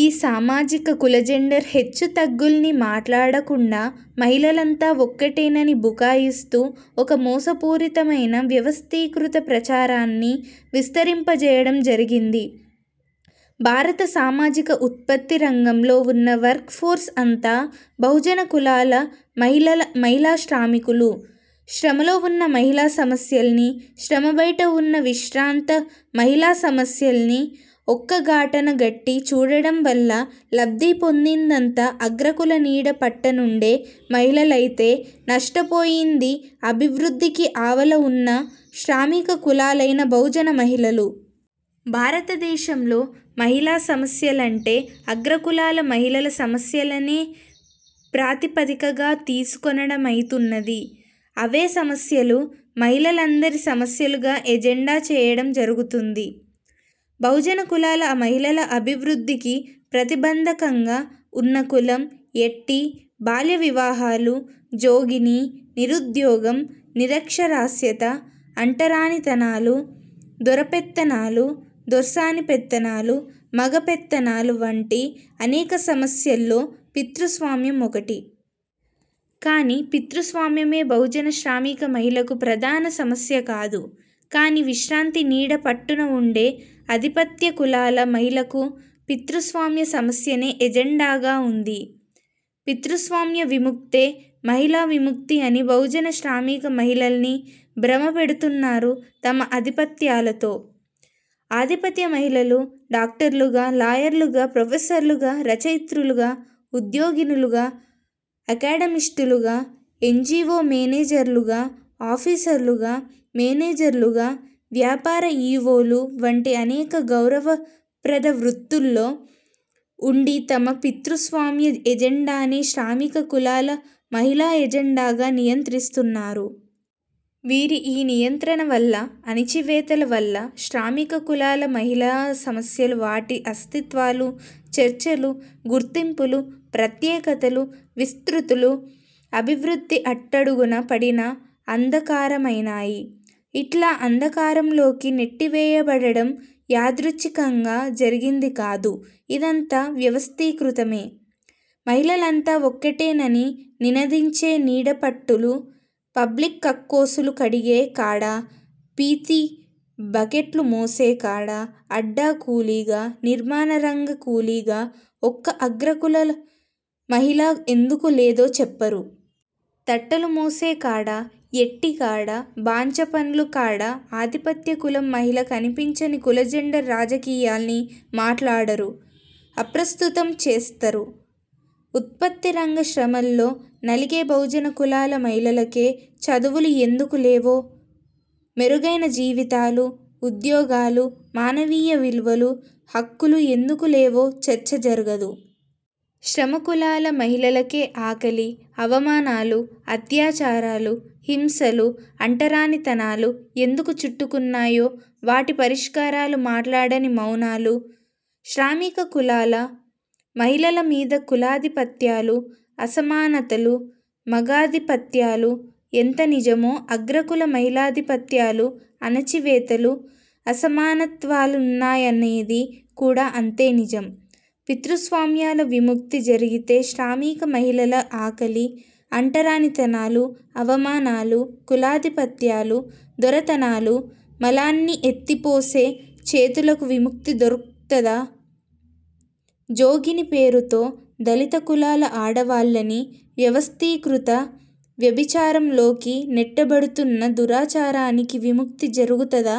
ఈ సామాజిక కుల జెండర్ హెచ్చుతగ్గుల్ని మాట్లాడకుండా, మహిళలంతా ఒక్కటేనని బుకాయిస్తూ ఒక మోసపూరితమైన వ్యవస్థీకృత ప్రచారాన్ని విస్తరింప జేయడం జరిగింది. భారత సామాజిక ఉత్పత్తి రంగంలో వున్న వర్క్ ఫోర్స్ అంతా బహుజన కులాల మహిళా శ్రామికులు. శ్రమలో వున్న మహిళా సమస్యల్ని, శ్రమ బైట వున్న విశ్రాంత మహిళా సమస్యల్ని ఒక గాటన గట్టి చూడడం వల్ల లబ్ధి పొందిందంతా అగ్రకుల నీడ పట్టునుండే మహిళలైతే, నష్టపోయింది అభివృద్ధికి ఆవల వున్న శ్రామిక కులాలైన బహుజన మహిళలు. భారతదేశంలో మహిళా సమస్యలంటే అగ్రకులాల మహిళల సమస్యలనే ప్రాతిపదికగా తీసుకొనడమైతున్నది, అవే సమస్యలు మహిళలందరి సమస్యలుగా ఎజెండా చేయడం జరుగుతుంది. బహుజన కులాల మహిళల అభివృద్ధికి ప్రతిబంధకంగా వున్న కులం, యెట్టి, బాల్య వివాహాలు, జోగినీ, నిరుద్యోగం, నిరక్షరాస్యత, అంటరానితనాలు, దొరపెత్తనాలు, దొర్సాని పెత్తనాలు, మగ పెత్తనాలు వంటి అనేక సమస్యల్లో పితృస్వామ్యం ఒకటి. కానీ పితృస్వామ్యమే బహుజన శ్రామిక మహిళకు ప్రధాన సమస్య కాదు. కానీ విశ్రాంతి నీడ పట్టున వుండే ఆధిపత్య కులాల మహిళకు పితృస్వామ్య సమస్యనే ఎజెండాగా వుంది. పితృస్వామ్య విముక్తే మహిళా విముక్తి అని బహుజన శ్రామిక మహిళల్ని భ్రమ పెడుతున్నారు తమ ఆధిపత్యాలతో. ఆధిపత్య మహిళలు డాక్టర్లుగా, లాయర్లుగా, ప్రొఫెసర్లుగా, రచయిత్రులుగా, ఉద్యోగినులుగా అకాడమిస్టులుగా, ఎన్జీవో మేనేజర్లుగా, ఆఫీసర్లుగా, మేనేజర్లుగా, వ్యాపార ఈవోలు వంటి అనేక గౌరవప్రద వృత్తుల్లో వుండి తమ పితృస్వామ్య ఎజెండానే శ్రామిక కులాల మహిళా ఎజెండాగా నియంత్రిస్తున్నారు. వీరి ఈ నియంత్రణ వల్ల అణచివేతల వల్ల శ్రామిక కులాల మహిళా సమస్యలు వాటి అస్తిత్వాలు, చర్చలు, గుర్తింపులు, ప్రత్యేకతలు, విస్తృతులు అభివృద్ధి అట్టడుగున పడిన అంధకారమైనాయి. ఇట్లా అంధకారంలోకి నెట్టివేయబడడం యాదృచ్ఛికంగా జరిగింది కాదు, యిదంతా వ్యవస్థీకృతమే. మహిళలంతా ఒక్కటేనని నినదించే నీడపట్టులు– పబ్లిక్ కక్కోసులు కడిగే కాడ, పీతి బకెట్లు మోసే కాడ, అడ్డా కూలీగా, నిర్మాణరంగ కూలీగా ఒక్క అగ్రకుల మహిళ ఎందుకు లేదో చెప్పరు. తట్టలు మోసే కాడ, యెట్టి కాడ, బాంచ పనుల కాడ ఆధిపత్య కులం మహిళ కనిపించని కుల జెండర్ రాజకీయాల్ని మాట్లాడరు, అప్రస్తుతం చేస్తరు. ఉత్పత్తి రంగ శ్రమల్లో నలిగే బహుజన కులాల మహిళలకే చదువులు ఎందుకు లేవో, మెరుగైన జీవితాలు, ఉద్యోగాలు, మానవీయ విలువలు, హక్కులు ఎందుకులేవో చర్చ జరగదు. శ్రమకులాల మహిళలకే ఆకలి, అవమానాలు, అత్యాచారాలు, హింసలు, అంటరానితనాలు ఎందుకు చుట్టుకున్నాయో వాటి పరిష్కారాలు మాట్లాడని మౌనాలు. శ్రామిక కులాల మహిళల మీద కులాధిపత్యాలు, అసమానతలు, మగాధిపత్యాలు ఎంత నిజమో, అగ్రకుల మహిళాధిపత్యాలు, అణచివేతలు, అసమానత్వాలున్నాయనేది కూడా అంతే నిజం. పితృస్వామ్యాల విముక్తి జరిగితే శ్రామిక మహిళల ఆకలి, అంటరానితనాలు, అవమానాలు, కులాధిపత్యాలు, దొరతనాలు, మలాన్ని ఎత్తిపోసే చేతులకు విముక్తి దొర్కుతదా, జోగినీ పేరుతో దళిత కులాల ఆడవాళ్లని వ్యవస్థీకృత వ్యభిచారంలోకి నెట్టబడుతున్న దురాచారానికి విముక్తి జరుగుతదా!